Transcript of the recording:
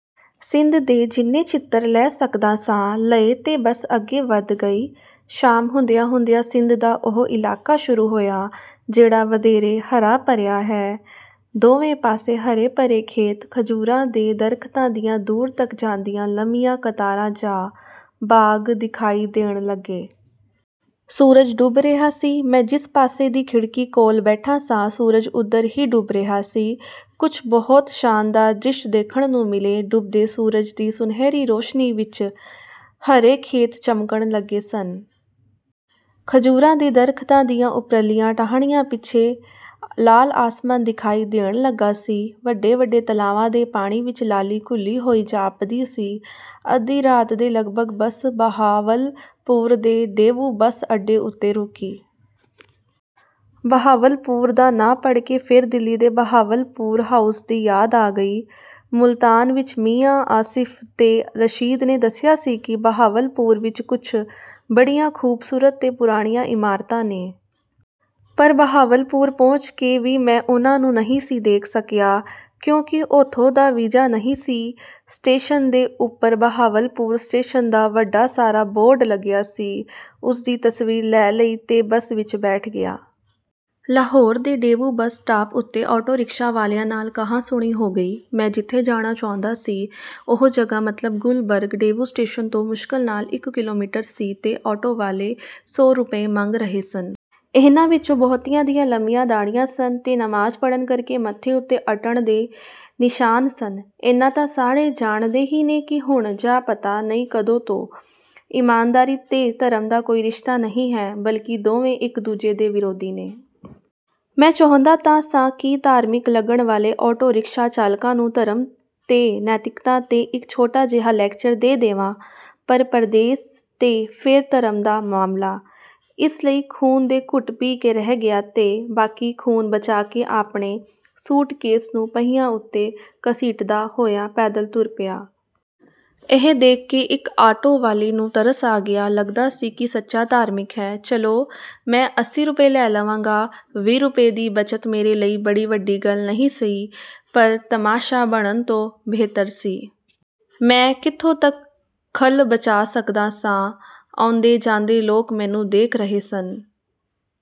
ਸਿੰਧ ਦੇ ਜਿੰਨੇ ਚਿੱਤਰ ਲੈ ਸਕਦਾ ਸਾਂ, ਲਏ ਤੇ ਬੱਸ ਅੱਗੇ ਵਧ ਗਈ। ਸ਼ਾਮ ਹੁੰਦਿਆਂ-ਹੁੰਦਿਆਂ ਸਿੰਧ ਦਾ ਉਹ ਇਲਾਕਾ ਸ਼ੁਰੂ ਹੋਇਆ, ਜਿਹੜਾ ਵਧੇਰੇ ਹਰਾ-ਭਰਿਆ ਹੈ। ਦੋਵੇਂ ਪਾਸੇ ਹਰੇ-ਭਰੇ ਖੇਤ, ਖਜੂਰਾਂ ਦੇ ਦਰਖ਼ਤਾਂ ਦੀਆਂ ਦੂਰ ਤੱਕ ਜਾਂਦੀਆਂ ਲੰਮੀਆਂ ਕਤਾਰਾਂ ਜਾਂ ਬਾਗ਼ ਦਿਖਾਈ ਦੇਣ ਲੱਗੇ। ਸੂਰਜ ਡੁੱਬ ਰਿਹਾ ਸੀ। ਮੈਂ ਜਿਸ ਪਾਸੇ ਦੀ ਖਿੜਕੀ ਕੋਲ ਬੈਠਾ ਸਾਂ, ਸੂਰਜ ਉਧਰ ਹੀ ਡੁੱਬ ਰਿਹਾ ਸੀ। ਕੁਝ ਬਹੁਤ ਸ਼ਾਨਦਾਰ ਦ੍ਰਿਸ਼ ਦੇਖਣ ਨੂੰ ਮਿਲੇ। ਡੁੱਬਦੇ ਸੂਰਜ ਦੀ ਸੁਨਹਿਰੀ ਰੋਸ਼ਨੀ ਵਿਚ ਹਰੇ ਖੇਤ ਚਮਕਣ ਲੱਗੇ ਸਨ। ਖਜੂਰਾਂ ਦੇ ਦਰਖ਼ਤਾਂ ਦੀਆਂ ਉਪਰਲੀਆਂ ਟਾਹਣੀਆਂ ਪਿੱਛੇ ਲਾਲ ਆਸਮਾਨ ਦਿਖਾਈ ਦੇਣ ਲੱਗਾ ਸੀ। ਵੱਡੇ-ਵੱਡੇ ਤਲਾਵਾਂ ਦੇ ਪਾਣੀ ਵਿਚ ਲਾਲੀ ਘੁਲੀ ਹੋਈ ਜਾਪਦੀ ਸੀ। ਅੱਧੀ ਰਾਤ ਦੇ ਲਗਭਗ ਬੱਸ ਬਹਾਵਲਪੁਰ ਦੇ ਡੇਵੂ ਬੱਸ ਅੱਡੇ ਉੱਤੇ ਰੁਕੀ। ਬਹਾਵਲਪੁਰ ਦਾ ਨਾਂ ਪੜ੍ਹ ਕੇ ਫੇਰ ਦਿੱਲੀ ਦੇ ਬਹਾਵਲਪੁਰ ਹਾਊਸ ਦੀ ਯਾਦ ਆ ਗਈ। ਮੁਲਤਾਨ ਵਿਚ ਮੀਆਂ ਆਸਿਫ ਤੇ ਰਸ਼ੀਦ ਨੇ ਦੱਸਿਆ ਸੀ ਕਿ ਬਹਾਵਲਪੁਰ ਵਿਚ ਕੁਝ ਬੜੀਆਂ ਖ਼ੂਬਸੂਰਤ ਤੇ ਪੁਰਾਣੀਆਂ ਇਮਾਰਤਾਂ ਨੇ। ਪਰ ਬਹਾਵਲਪੁਰ ਪਹੁੰਚ ਕੇ ਵੀ ਮੈਂ ਉਹਨਾਂ ਨੂੰ ਨਹੀਂ ਸੀ ਦੇਖ ਸਕਿਆ, ਕਿਉਂਕਿ ਉੱਥੋਂ ਦਾ ਵੀਜ਼ਾ ਨਹੀਂ ਸੀ। ਸਟੇਸ਼ਨ ਦੇ ਉੱਪਰ ਬਹਾਵਲਪੁਰ ਸਟੇਸ਼ਨ ਦਾ ਵੱਡਾ ਸਾਰਾ ਬੋਰਡ ਲੱਗਿਆ ਸੀ। ਉਸਦੀ ਤਸਵੀਰ ਲੈ ਲਈ ਤੇ ਬੱਸ ਵਿਚ ਬੈਠ ਗਿਆ। ਲਾਹੌਰ ਦੇ ਡੇਵੂ ਬੱਸ ਸਟਾਪ ਉੱਤੇ ਆਟੋ ਰਿਕਸ਼ਾ ਵਾਲਿਆਂ ਨਾਲ ਕਹਾ-ਸੁਣੀ ਹੋ ਗਈ। ਮੈਂ ਜਿੱਥੇ ਜਾਣਾ ਚਾਹੁੰਦਾ ਸੀ, ਉਹ ਜਗ੍ਹਾ, ਮਤਲਬ ਗੁਲਬਰਗ, ਡੇਵੂ ਸਟੇਸ਼ਨ ਤੋਂ ਮੁਸ਼ਕਲ ਨਾਲ ਇਕ ਕਿਲੋਮੀਟਰ ਸੀ ਤੇ ਆਟੋ ਵਾਲੇ ਸੌ ਰੁਪਏ ਮੰਗ ਰਹੇ ਸਨ। ਇਹਨਾਂ ਵਿਚੋਂ ਬਹੁਤਿਆਂ ਦੀਆਂ ਲੰਮੀਆਂ ਦਾੜ੍ਹੀਆਂ ਸਨ ਤੇ ਨਮਾਜ਼ ਪੜ੍ਹਨ ਕਰਕੇ ਮੱਥੇ ਉੱਤੇ ਅੱਟਣ ਦੇ ਨਿਸ਼ਾਨ ਸਨ। ਏਨਾ ਤਾਂ ਸਾਰੇ ਜਾਣਦੇ ਹੀ ਨੇ ਕਿ ਹੁਣ, ਜਾਂ ਪਤਾ ਨਹੀਂ ਕਦੋਂ ਤੋਂ, ਇਮਾਨਦਾਰੀ ਤੇ ਧਰਮ ਦਾ ਕੋਈ ਰਿਸ਼ਤਾ ਨਹੀਂ ਹੈ, ਬਲਕਿ ਦੋਵੇਂ ਇਕ-ਦੂਜੇ ਦੇ ਵਿਰੋਧੀ ਨੇ। ਮੈਂ ਚਾਹੁੰਦਾ ਤਾਂ ਸਾਂ ਕਿ ਧਾਰਮਿਕ ਲੱਗਣ ਵਾਲੇ ਆਟੋ ਰਿਕਸ਼ਾ ਚਾਲਕਾਂ ਨੂੰ ਧਰਮ ਤੇ ਨੈਤਿਕਤਾ 'ਤੇ ਇਕ ਛੋਟਾ ਜਿਹਾ ਲੈਕਚਰ ਦੇ ਦੇਵਾਂ, ਪਰ ਪਰਦੇਸ ਤੇ ਫੇਰ ਧਰਮ ਦਾ ਮਾਮਲਾ, ਇਸ ਲਈ ਖ਼ੂਨ ਦੇ ਘੁੱਟ ਪੀ ਕੇ ਰਹਿ ਗਿਆ ਤੇ ਬਾਕੀ ਖ਼ੂਨ ਬਚਾ ਕੇ ਆਪਣੇ ਸੂਟਕੇਸ ਨੂੰ ਪਹੀਆਂ ਉੱਤੇ ਘਸੀਟਦਾ ਹੋਇਆ ਪੈਦਲ ਤੁਰ ਪਿਆ। ਇਹ ਦੇਖ ਕੇ ਇਕ ਆਟੋ ਵਾਲੇ ਨੂੰ ਤਰਸ ਆ ਗਿਆ। ਲੱਗਦਾ ਸੀ ਕਿ ਸੱਚਾ ਧਾਰਮਿਕ ਹੈ। "ਚਲੋ, ਮੈਂ ਅੱਸੀ ਰੁਪਏ ਲੈ ਲਵਾਂਗਾ।" ਵੀਹ ਰੁਪਏ ਦੀ ਬਚਤ ਮੇਰੇ ਲਈ ਬੜੀ ਵੱਡੀ ਗੱਲ ਨਹੀਂ ਸੀ, ਪਰ ਤਮਾਸ਼ਾ ਬਣਨ ਤੋਂ ਬਿਹਤਰ ਸੀ। ਮੈਂ ਕਿੱਥੋਂ ਤੱਕ ਖੱਲ ਬਚਾ ਸਕਦਾ ਸਾਂ? ਆਉਂਦੇ-ਜਾਂਦੇ ਲੋਕ ਮੈਨੂੰ ਦੇਖ ਰਹੇ ਸਨ।